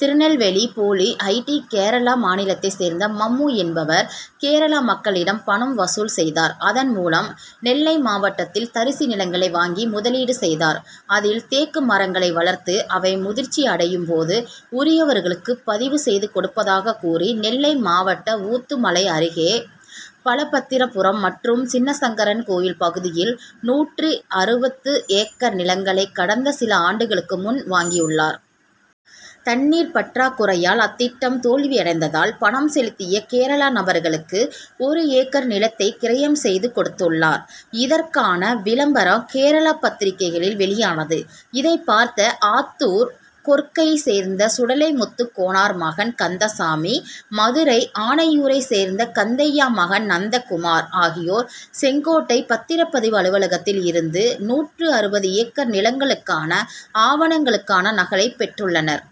திருநெல்வேலி போலி I. T. Kerala மாநிலத்தை சேர்ந்த மம்மு என்பவர் கேரள மக்களிடம் பணம் வசூல் செய்தார். அதன் மூலம் நெல்லை மாவட்டத்தில் தரிசு நிலங்களை வாங்கி முதலீடு செய்தார். அதில் தேக்கு மரங்களை வளர்த்து அவை முதிர்ச்சி அடையும் போது உரியவர்களுக்கு பதிவு செய்து கொடுப்பதாக கூறி நெல்லை மாவட்டம் ஊத்துமலை அருகே பலபத்திரராமபுரம் மற்றும் சின்னசங்கரன்கோவில் பகுதியில் நூற்று அறுபது ஏக்கர் நிலங்களை கடந்த சில ஆண்டுகளுக்கு முன் வாங்கியுள்ளார். தண்ணீர் பற்றாக்குறையால் அந்த திட்டம் தோல்வியடைந்ததால் பணம் செலுத்திய கேரள நபர்களுக்கு ஒரு ஏக்கர் நிலத்தை கிரையம் செய்து கொடுத்துள்ளார். இதற்கான விளம்பரம் கேரள பத்திரிகைகளில் வெளியானது. இதைப்பார்த்த ஆத்தூர் கொற்கையை சேர்ந்த சுடலைமுத்து கோனார் மகன் கந்தசாமி, மதுரை ஆனையூரைச் சேர்ந்த கந்தையா மகன் நந்தகுமார் ஆகியோர் செங்கோட்டை பத்திரப்பதிவு அலுவலகத்தில் இருந்து நூற்று அறுபது ஏக்கர் நிலங்களுக்கான ஆவணங்களுக்கான நகலை பெற்றுள்ளனர்.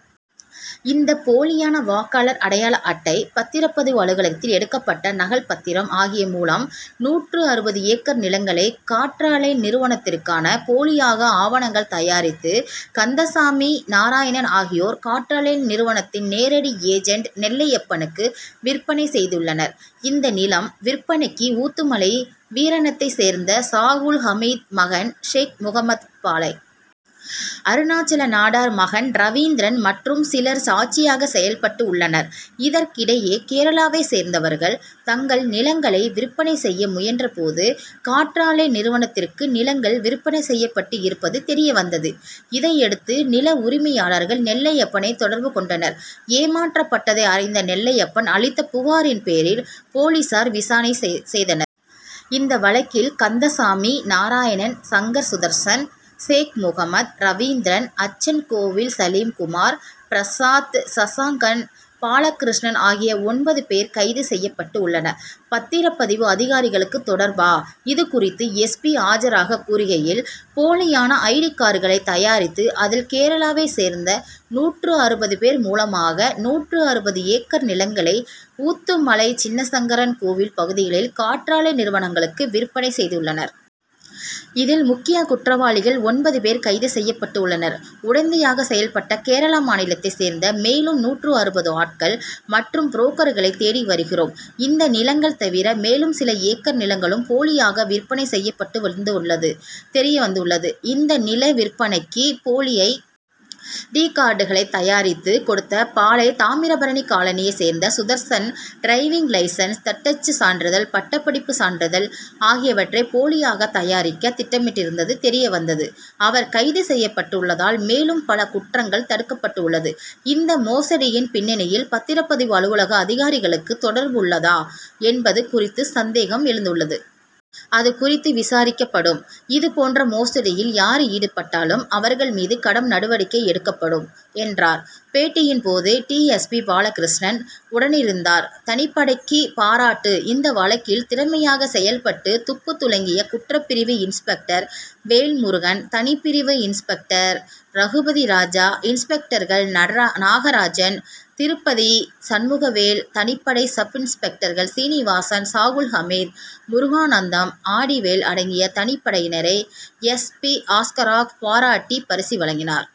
இந்த போலியான வாக்காளர் அடையாள அட்டை, பத்திரப்பதிவு அலுவலகத்தில் எடுக்கப்பட்ட நகல் பத்திரம் ஆகியவை மூலம் நூற்று அறுபது ஏக்கர் நிலங்களையும் காற்றாலை நிறுவுவதற்காக போலியாக ஆவணங்கள் தயாரித்து கந்தசாமி, நாராயணன் ஆகியோர் காற்றாலை நிறுவனத்தின் நேரடி ஏஜென்ட் நெல்லையப்பனுக்கு விற்பனை செய்துள்ளனர். இந்த நிலம் விற்பனைக்கு ஊத்துமலை வீராணத்தை சேர்ந்த சாகுல் ஹமீது மகன் ஷேக் முகம்மது, பாளை. அருணாசலநாடார் மகன் ரவீந்திரன் மற்றும் சிலரும் சாட்சியாக செயல்பட்டுள்ளனர். இதற்கிடையே கேரளாவை சேர்ந்தவர்கள் தங்கள் நிலங்களை விற்பனை செய்ய முயன்ற போது காற்றாலை நிறுவனத்திற்கு நிலங்கள் விற்பனை செய்யப்பட்டிருப்பது தெரியவந்தது. இதையடுத்து நில உரிமையாளர்கள் நெல்லையப்பனை தொடர்பு கொண்டனர். ஏமாற்றப்பட்டதை அறிந்த நெல்லையப்பன் அளித்த புகாரின் பேரில் போலீசார் விசாரணை செய்தனர். இந்த வழக்கில் கந்தசாமி, நாராயணன், சங்கர் சுதர்ஸன், சேக்முகம்மது, ரவீந்திரன், அச்சன்கோவில் சலீம்குமார், பிரசாத், சசாங்கன், பாலகிருஷ்ணன் ஆகிய ஒன்பது பேர் கைது செய்யப்பட்டுள்ளனர். பத்திரப்பதிவு அதிகாரிகளுக்கு தொடர்பா! இதுகுறித்து எஸ். பி. ஆஸ்ராகர்க் கூறுகையில், போலியான ஐ. டி. கார்டுகளை தயாரித்து அதில் கேரளாவை சேர்ந்த நூற்று அறுபது பேர் மூலமாக நூற்று அறுபது ஏக்கர் நிலங்களை ஊத்துமலை, சின்னசங்கரன்கோவில் பகுதியில் காற்றாலை நிறுவனங்களுக்கு விற்பனை செய்துள்ளனர். இதில் முக்கிய குற்றவாளிகள் ஒன்பது பேர் கைது செய்யப்பட்டுள்ளனர். உடந்தையாக செயல்பட்ட கேரள மாநிலத்தை சேர்ந்த மேலும் நூற்று அறுபது ஆட்கள் மற்றும் புரோக்கர்களை தேடி வருகிறோம். இந்த நிலங்கள் தவிர மேலும் சில ஏக்கர் நிலங்களும் போலியாக விற்பனை செய்யப்பட்டுள்ளது தெரியவந்துள்ளது. இந்த நில விற்பனைக்கு போலி ஐ. டி. கார்டுகளை தயாரித்து கொடுத்த பாளை. தாமிரபதி காலனியை சேர்ந்த சுதர்ஸன் டிரைவிங் லைசென்ஸ், தட்டச்சு சான்றிதழ், பட்டப்படிப்பு சான்றிதழ் ஆகியவற்றை போலியாக தயாரிக்க திட்டமிட்டிருந்தது தெரியவந்தது. அவர் கைது செய்யப்பட்டுள்ளதால் மேலும் பல குற்றங்கள் தடுக்கப்பட்டுள்ளது. இந்த மோசடியின் பின்னணியில் பத்திரப்பதிவு அலுவலக அதிகாரிகளுக்கு தொடர்புள்ளதா என்பது குறித்து சந்தேகம் எழுந்துள்ளது. அதுகுறித்து விசாரிக்கப்படும். இதுபோன்ற மோசடியில் யார் ஈடுபட்டாலும் அவர்கள் மீது கடும் நடவடிக்கை எடுக்கப்படும் என்றார். பேட்டியின் போது டி. எஸ். பி. பாலகிருஷ்ணன் உடனிருந்தார். தனிப்படைக்கு பாராட்டு இந்த வழக்கில் திறமையாக செயல்பட்டு துப்புதுலக்கிய குற்றப்பிரிவு இன்ஸ்பெக்டர் வேல்முருகன், தனிப்பிரிவு இன்ஸ்பெக்டர் ரகுபதிராஜா, இன்ஸ்பெக்டர்கள் நாகராஜன், திருப்பதி, சண்முகம், தனிப்படை சப்-இன்ஸ்பெக்டர்கள் சீனிவாசன், சாகுல்ஹமீது, முருகானந்தம், ஆடிவேல் அடங்கிய தனிப்படையினரை எஸ். பி. ஆஸ்ராகர்க் பாராட்டி பரிசு வழங்கினார்.